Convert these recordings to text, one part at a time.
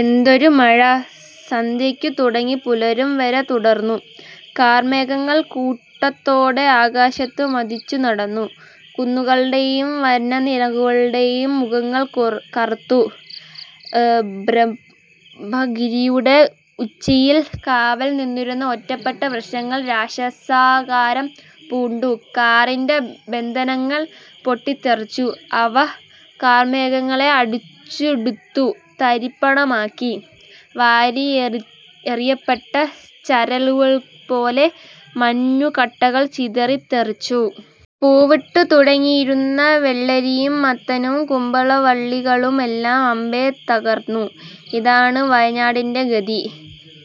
എന്തൊരു മഴ! സന്ധ്യക്കു തുടങ്ങി പുലരും വരെ തുടർന്നു. കാർമേഘങ്ങൾ കൂട്ടത്തോടെ ആകാശത്തു മദിച്ചു നടന്നു. കുന്നുകളുടെയും വനനിരകളുടെയും മുഖങ്ങൾ കറുത്തു. ബ്രഹ്മഗിരിയുടെ ഉച്ചിയിൽ കാവൽ നിന്നിരുന്ന ഒറ്റപ്പെട്ട വൃക്ഷങ്ങൾ രാക്ഷസാകാരം പൂണ്ടു. കാറ്റിന്റെ ബന്ധനങ്ങൾ പൊട്ടിത്തെറിച്ചു. അവ കാർമേഘങ്ങളെ അടിച്ചുടച്ചു തരിപ്പണമാക്കി. വാരിയെറിയപ്പെട്ട ചരൽക്കല്ലുകൾപോലെ, മഞ്ഞുകട്ടകൾ ചിതറിത്തെറിച്ചു. പൂവിട്ടു തുടങ്ങിയിരുന്ന വെള്ളരിയും മത്തനും കുമ്പള വള്ളികളുമെല്ലാം അമ്പേ തകർന്നു.... ഇതാണ് വയനാടിന്റെ ഗതി.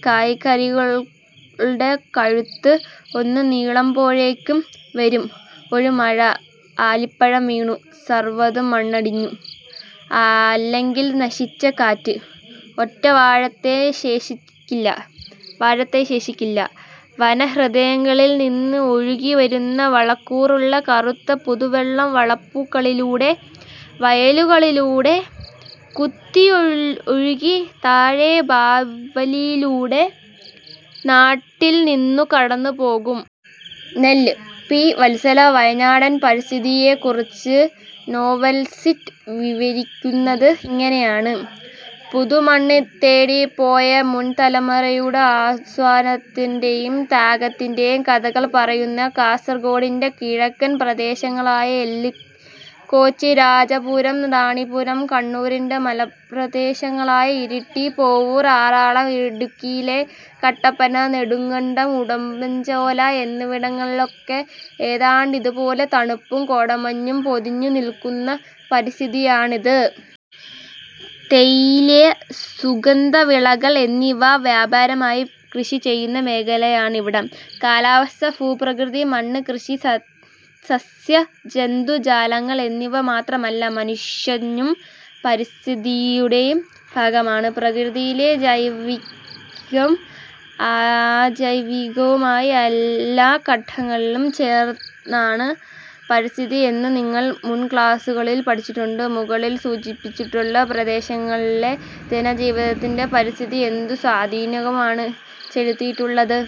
കായ്കറികളുടെ കഴുത്ത് ഒന്നു നീളുമ്പോഴേക്കും വരും, ഒരു മഴ ആലിപ്പഴം വീണു സർവതും മണ്ണടിയും. അല്ലെങ്കിൽ നശിച്ച കാറ്റ്! ഒറ്റ വാഴത്തൈ ശേഷിക്കില്ല. വനഹൃദയങ്ങളിൽനിന്ന് ഒഴുകിവരുന്ന വളക്കൂറുള്ള കറുത്ത പുതുവെള്ളം വളപ്പുകളിലൂടെ, വയലുകളിലൂടെ കുത്തിയൊഴുകി താഴെ ബാവലിയിലൂടെ നാട്ടിൽനിന്നു കടന്നുപോകുന്നു. നെല്ല്, പി. വത്സല. വയനാടൻ പരിസ്ഥിതിയെക്കുറിച്ച് നോവലിസ്റ്റ് വിവരിക്കുന്നത് ഇങ്ങനെയാണ്. പുതുമണ്ണുതേടിപ്പോയ മുൻതലമുറയുടെ അധ്വാനത്തിന്റെയും ത്യാഗത്തിന്റെയും കഥകൾ പറയുന്ന കാസർകോടിന്റെ കിഴക്കൻ പ്രദേശങ്ങളായ എല്ലുകോച്ചി, രാജപുരം, റാണിപുരം, കണ്ണൂരിന്റെ മലമ്പ്രദേശങ്ങളായ ഇരിട്ടി, പേരാവൂർ, ആറളം, ഇടുക്കിയിലെ കട്ടപ്പന, നെടുങ്കണ്ടം, ഉടുമ്പഞ്ചോല എന്നിവിടങ്ങളിലൊക്കെ ഏതാണ്ടിതുപോലെ തണുപ്പും കോടമഞ്ഞും പൊതിഞ്ഞുനിൽക്കുന്ന പരിസ്ഥിതിയാണുള്ളത്. തേയില, സുഗന്ധവിളകൾ എന്നിവ വ്യാപകമായി കൃഷിചെയ്യുന്ന മേഖലയാണിവിടം. കാലാവസ്ഥ, ഭൂപ്രകൃതി, മണ്ണ്, കൃഷി, സസ്യജന്തുജാലങ്ങൾ എന്നിവ മാത്രമല്ല, മനുഷ്യനും പരിസ്ഥിതിയുടെ ഭാഗമാണ്. പ്രകൃതിയിലെ ജൈവികവും അജൈവികവുമായ എല്ലാ ഘടകങ്ങളും ചേർന്നതാണ് പരിസ്ഥിതി എന്നു നിങ്ങൾ മുൻക്ലാസുകളിൽ പഠിച്ചിട്ടുണ്ട്. മുകളിൽ സൂചിപ്പിച്ചിട്ടുള്ള പ്രദേശങ്ങളിലെ ജനജീവിതത്തിൽ പരിസ്ഥിതി എന്തു സ്വാധീനമാണ് ചെലുത്തിയിട്ടുള്ളത്?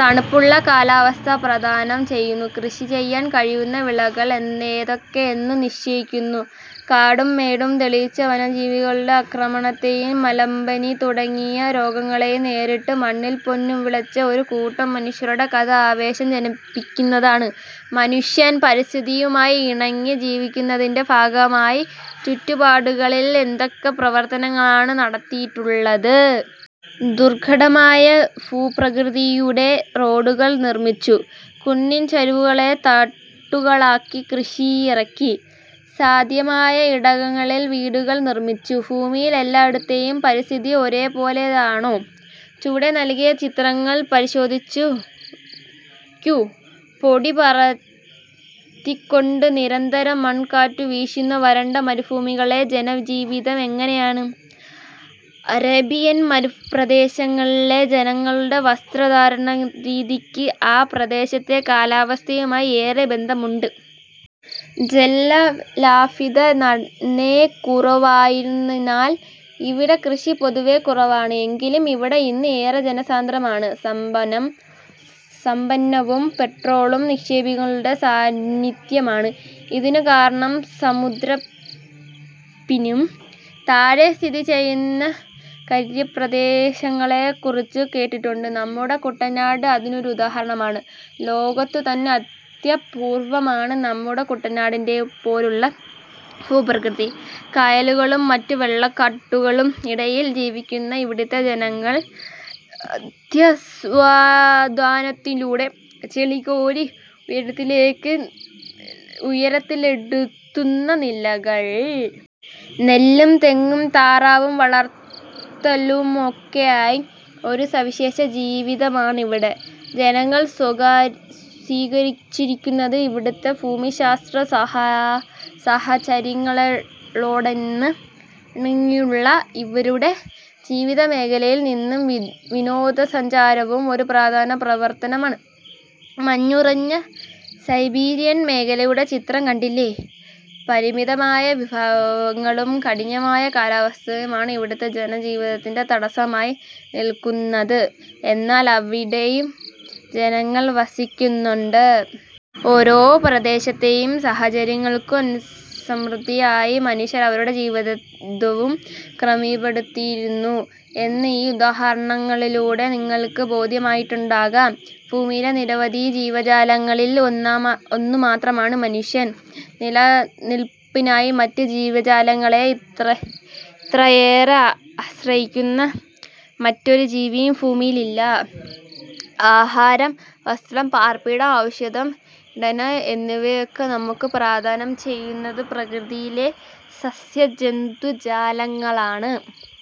തണുപ്പുള്ള കാലാവസ്ഥ പ്രദാനം ചെയ്യുന്നു. കൃഷിചെയ്യാൻ കഴിയുന്ന വിളകൾ ഏതൊക്കെ എന്നു നിശ്ചയിക്കുന്നു. കാടും മേടും തെളിച്ച് വന്യജീവികളുടെ ആക്രമണത്തെയും മലമ്പനി തുടങ്ങിയ രോഗങ്ങളെയും നേരിട്ട് മണ്ണിൽ പൊന്നുവിളയിച്ച ഒരു കൂട്ടം മനുഷ്യരുടെ കഥ ആവേശം ജനിപ്പിക്കുന്നതാണ്. മനുഷ്യൻ പരിസ്ഥിതിയുമായി ഇണങ്ങി ജീവിക്കുന്നതിന്റെ ഭാഗമായി ചുറ്റുപാടുകളിൽ എന്തൊക്കെ പ്രവർത്തനങ്ങളാണ് നടത്തിയിട്ടുള്ളത്? ദുർഘടമായ ഭൂപ്രകൃതിയിലൂടെ റോഡുകൾ നിർമിച്ചു. കുന്നിൻചരിവുകളെ തട്ടുകളാക്കി കൃഷിയിറക്കി. സാധ്യമായ ഇടങ്ങളിൽ വീടുകൾ നിർമിച്ചു. ഭൂമിയിൽ എല്ലായിടത്തെയും പരിസ്ഥിതി ഒരുപോലെയാണോ? ചുവടെ നൽകിയ ചിത്രങ്ങൾ പരിശോധിക്കൂ. പൊടി പറത്തിക്കൊണ്ട് നിരന്തരം മണൽക്കാറ്റു വീശുന്ന വരണ്ട മരുഭൂമികളിലെ ജനജീവിതം എങ്ങനെയാണ്? അറേബ്യൻ മരുപ്രദേശങ്ങളിലെ ജനങ്ങളുടെ വസ്ത്രധാരണരീതിക്ക് ആ പ്രദേശത്തെ കാലാവസ്ഥയുമായി ഏറെ ബന്ധമുണ്ട്. ജലലഭ്യത നന്നേ കുറവായിരുന്നതിനാൽ ഇവിടെ കൃഷി പൊതുവെ കുറവാണ്. എങ്കിലും ഇവിടം ഇന്ന് ഏറെ ജനസാന്ദ്രമാണ്; സമ്പന്നവും. പെട്രോളിയം നിക്ഷേപങ്ങളുടെ സാന്നിധ്യമാണ് ഇതിനു കാരണം. സമുദ്രനിരപ്പിനും താഴെ സ്ഥിതിചെയ്യുന്ന കരപ്രദേശങ്ങളെക്കുറിച്ച് കേട്ടിട്ടുണ്ടോ? നമ്മുടെ കുട്ടനാട് അതിനുദാഹരണമാണ്. ലോകത്തുതന്നെ അത്യ പൂർവമാണ് നമ്മുടെ കുട്ടനാടിന്റേതുപോലുള്ള ഭൂപ്രകൃതി. കായലുകൾക്കും മറ്റു വെള്ളക്കെട്ടുകൾക്കും ഇടയിൽ ജീവിക്കുന്ന ഇവിടത്തെ ജനങ്ങൾ അത്യധ്വാനത്തിലൂടെ ചെളികോരി ഉയർത്തിയെടുത്ത നിലങ്ങൾ. നെല്ലും തെങ്ങും താറാവു വളർത്തലുമൊക്കെയായി ഒരു സവിശേഷ ജീവിതമാണിവിടെ ജനങ്ങൾ സ്വീകരിച്ചിരിക്കുന്നത്. ഇവിടത്തെ ഭൂമിശാസ്ത്രസാഹചര്യങ്ങളോടിണങ്ങിയുള്ള ഇവരുടെ ജീവിതമേഖലയിൽ ഇന്ന് വിനോദസഞ്ചാരവും ഒരു പ്രധാന പ്രവർത്തനമാണ്. മഞ്ഞുറഞ്ഞ സൈബീരിയൻ മേഖലയുടെ ചിത്രം കണ്ടില്ലേ. പരിമിതമായ വിഭവങ്ങളും കഠിനമായ കാലാവസ്ഥയുമാണ് ഇവിടെ ജനജീവിതത്തിന് തടസ്സമായി നിൽക്കുന്നത്. എന്നാൽ അവിടെയും ജനങ്ങൾ വസിക്കുന്നുണ്ട്. ഓരോ പ്രദേശത്തെയും സാഹചര്യങ്ങൾക്കനുസൃതമായി മനുഷ്യർ അവരുടെ ജീവിതവും ക്രമപ്പെടുത്തിയിരിക്കുന്നു എന്ന് ഈ ഉദാഹരണങ്ങളിലൂടെ നിങ്ങൾക്ക് ബോധ്യമായിട്ടുണ്ടാകും. ഭൂമിയിലെ നിരവധിയായ ജീവജാലങ്ങളിൽ ഒന്നുമാത്രമാണ് മനുഷ്യൻ. നില നിൽപ്പിനായി മറ്റു ജീവജാലങ്ങളെ ഇത്രയേറെ ആശ്രയിക്കുന്ന മറ്റൊരു ജീവിയും ഭൂമുഖത്തില്ല. ആഹാരം, വസ്ത്രം, പാർപ്പിടം, ഔഷധം, ഇന്ധനം എന്നിവയൊക്കെ നമുക്ക് പ്രദാനം ചെയ്യുന്നത് പ്രകൃതിയിലെ സസ്യജന്തു ജാലങ്ങളാണ്.